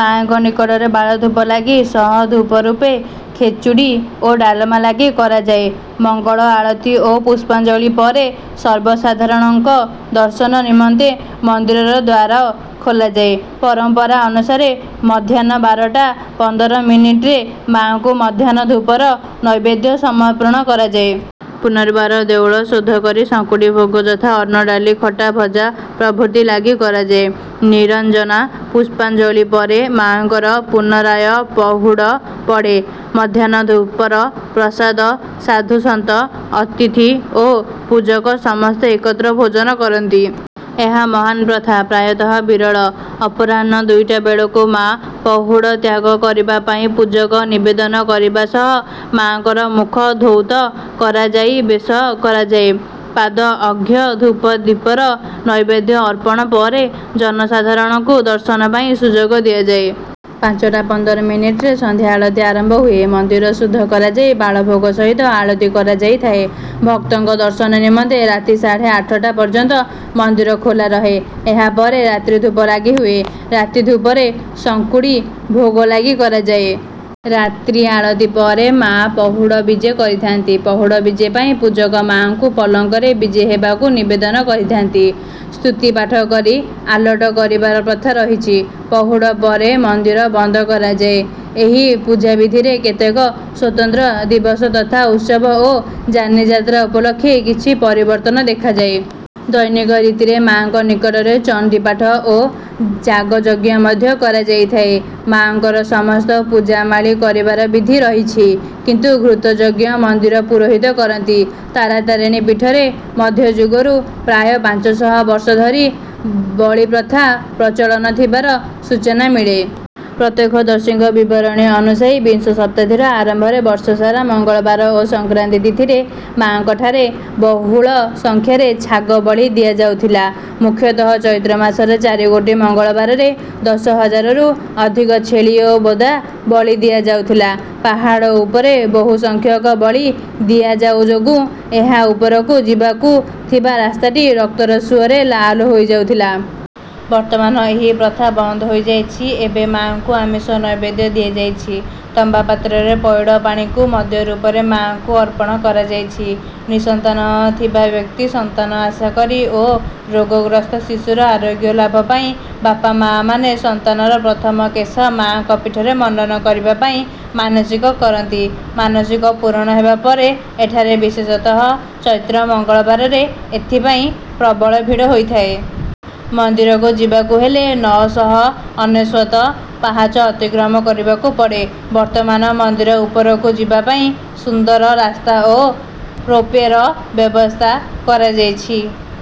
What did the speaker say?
ମାଆଙ୍କ ନିକଟରେ ବାଳଧୂପ ଲାଗି ସହ ଧୂପ ରୂପେ ଖେଚୁଡ଼ି ଓ ଡାଲମା ଲାଗି କରାଯାଏ। ମଙ୍ଗଳ ଆଳତି ଓ ପୁଷ୍ପାଞ୍ଜଳି ପରେ ସର୍ବସାଧାରଣଙ୍କ ଦର୍ଶନ ନିମନ୍ତେ ମନ୍ଦିରର ଦ୍ୱାର ଖୋଲାଯାଏ। ପରମ୍ପରା ଅନୁସାରେ ମଧ୍ୟାହ୍ନ ବାରଟା ପନ୍ଦର ମିନିଟ୍ ରେ ମାଆଙ୍କୁ ମଧ୍ୟାହ୍ନ ଧୂପର ନୈବେଦ୍ୟ ସମର୍ପଣ କରାଯାଏ। ପୁନର୍ବାର ଦେଉଳ ଶୋଧ କରି ଶଙ୍ଖୁଡ଼ି ଭୋଗ ଯଥା ଅନ୍ନ ଡାଲି ଖଟା ଭଜା ପ୍ରଭୃତି ଲାଗି କରାଯାଏ। ନୀରଞ୍ଜନା ପୁଷ୍ପାଞ୍ଜଳି ପରେ ମାଆଙ୍କର ପୁନରାୟ ପହୁଡ଼ ପଡେ। ମଧ୍ୟାହ୍ନ ଧୂପର ପ୍ରସାଦ ସାଧୁ ସନ୍ଥ ଅତିଥି ଓ ପୂଜକ ସମସ୍ତେ ଏକତ୍ର ଭୋଜନ କରନ୍ତି। ଏହା ମହାନ୍ ପ୍ରଥା ପ୍ରାୟତଃ ବିରଳ। ଅପରାହ୍ଣ ଦୁଇଟା ବେଳକୁ ମାଆ ପହୁଡ଼ ତ୍ୟାଗ କରିବା ପାଇଁ ପୂଜକ ନିବେଦନ କରିବା ସହ ମାଆଙ୍କର ମୁଖ ଧୌତ କରାଯାଇ ବେଶ କରାଯାଏ। ପାଦ ଅର୍ଘ୍ୟ ଧୂପ ଦୀପର ନୈବେଦ୍ୟ ଅର୍ପଣ ପରେ ଜନସାଧାରଣଙ୍କୁ ଦର୍ଶନ ପାଇଁ ସୁଯୋଗ ଦିଆଯାଏ। ପାଞ୍ଚଟା ପନ୍ଦର ମିନିଟ୍ ରେ ସନ୍ଧ୍ୟାଆଳତି ଆରମ୍ଭ ହୁଏ। ମନ୍ଦିର ଶୁଦ୍ଧ କରାଯାଇ ବାଳଭୋଗ ସହିତ ଆଳତି କରାଯାଇଥାଏ। ଭକ୍ତଙ୍କ ଦର୍ଶନ ନିମନ୍ତେ ରାତି ସାଢ଼େ ଆଠଟା ପର୍ଯ୍ୟନ୍ତ ମନ୍ଦିର ଖୋଲା ରହେ। ଏହାପରେ ରାତ୍ରିଧୂପ ଲାଗି ହୁଏ। ରାତି ଧୂପରେ ଶଙ୍ଖୁଡ଼ି ଭୋଗ ଲାଗି କରାଯାଏ। ରାତ୍ରି ଆଳତି ପରେ ମାଆ ପହୁଡ଼ ବିଜେ କରିଥାନ୍ତି। ପହୁଡ଼ ବିଜେ ପାଇଁ ପୂଜକ ମାଆଙ୍କୁ ପଲଙ୍କରେ ବିଜେ ହେବାକୁ ନିବେଦନ କରିଥାନ୍ତି। ସ୍ତୁତିପାଠ କରି ଆଲଟ କରିବାର ପ୍ରଥା ରହିଛି। ପହୁଡ଼ ପରେ ମନ୍ଦିର ବନ୍ଦ କରାଯାଏ। ଏହି ପୂଜାବିଧିରେ କେତେକ ସ୍ୱତନ୍ତ୍ର ଦିବସ ତଥା ଉତ୍ସବ ଓ ଯାନିଯାତ୍ରା ଉପଲକ୍ଷେ କିଛି ପରିବର୍ତ୍ତନ ଦେଖାଯାଏ। ଦୈନିକ ରୀତିରେ ମାଆଙ୍କ ନିକଟରେ ଚଣ୍ଡୀପାଠ ଓ ଯାଗଯଜ୍ଞ ମଧ୍ୟ କରାଯାଇଥାଏ। ମାଆଙ୍କର ସମସ୍ତ ପୂଜା ମାଳି କରିବାର ବିଧି ରହିଛି। କିନ୍ତୁ ଘୃତ ଯଜ୍ଞ ମନ୍ଦିର ପୁରୋହିତ କରନ୍ତି। ତାରାତାରିଣୀ ପୀଠରେ ମଧ୍ୟଯୁଗରୁ ପ୍ରାୟ ପାଞ୍ଚଶହ ବର୍ଷ ଧରି ବଳିପ୍ରଥା ପ୍ରଚଳନ ଥିବାର ସୂଚନା ମିଳେ। ପ୍ରତ୍ୟକ୍ଷଦର୍ଶୀଙ୍କ ବିବରଣୀ ଅନୁସାୟୀ ବିଂଶଶତାବ୍ଦୀର ଆରମ୍ଭରେ ବର୍ଷସାରା ମଙ୍ଗଳବାର ଓ ସଂକ୍ରାନ୍ତି ତିଥିରେ ମାଙ୍କଠାରେ ବହୁଳ ସଂଖ୍ୟାରେ ଛାଗ ବଳି ଦିଆଯାଉଥିଲା। ମୁଖ୍ୟତଃ ଚୈତ୍ରମାସର ଚାରିଗୋଟି ମଙ୍ଗଳବାରରେ ଦଶହଜାରରୁ ଅଧିକ ଛେଳି ଓ ବୋଦା ବଳି ଦିଆଯାଉଥିଲା। ପାହାଡ ଉପରେ ବହୁ ସଂଖ୍ୟକ ବଳି ଦିଆଯାଉ ଯୋଗୁଁ ଏହା ଉପରକୁ ଯିବାକୁ ଥିବା ରାସ୍ତାଟି ରକ୍ତର ସୁଅରେ ଲାଲ ହୋଇଯାଉଥିଲା। ବର୍ତ୍ତମାନ ଏହି ପ୍ରଥା ବନ୍ଦ ହୋଇଯାଇଛି। ଏବେ ମାଆଙ୍କୁ ଆମିଷ ନୈବେଦ୍ୟ ଦିଆଯାଉଛି। ତମ୍ବାପାତ୍ରରେ ପଇଡ଼ ପାଣିକୁ ମଦ୍ୟ ରୂପରେ ମାଆଙ୍କୁ ଅର୍ପଣ କରାଯାଉଛି। ନିଃସନ୍ତାନ ଥିବା ବ୍ୟକ୍ତି ସନ୍ତାନ ଆଶା କରି ଓ ରୋଗଗ୍ରସ୍ତ ଶିଶୁର ଆରୋଗ୍ୟ ଲାଭ ପାଇଁ ବାପାମାଆମାନେ ସନ୍ତାନର ପ୍ରଥମ କେଶ ମାଙ୍କ ପୀଠରେ ମଣ୍ଡନ କରିବା ପାଇଁ ମାନସିକ କରନ୍ତି ମାନସିକ ପୂରଣ ହେବାପରେ ଏଠାରେ ବିଶେଷତଃ ଚୈତ୍ର ମଙ୍ଗଳବାରରେ ଏଥିପାଇଁ ପ୍ରବଳ ଭିଡ଼ ହୋଇଥାଏ। ମନ୍ଦିରକୁ ଯିବାକୁ ହେଲେ ନଅ ଶହ ଅନେଶ୍ୱତ ପାହାଚ ଅତିକ୍ରମ କରିବାକୁ ପଡେ। ବର୍ତ୍ତମାନ ମନ୍ଦିର ଉପରକୁ ଯିବାପାଇଁ ସୁନ୍ଦର ରାସ୍ତା ଓ ରୋପ୍ୱେର ବ୍ୟବସ୍ଥା କରାଯାଇଛି।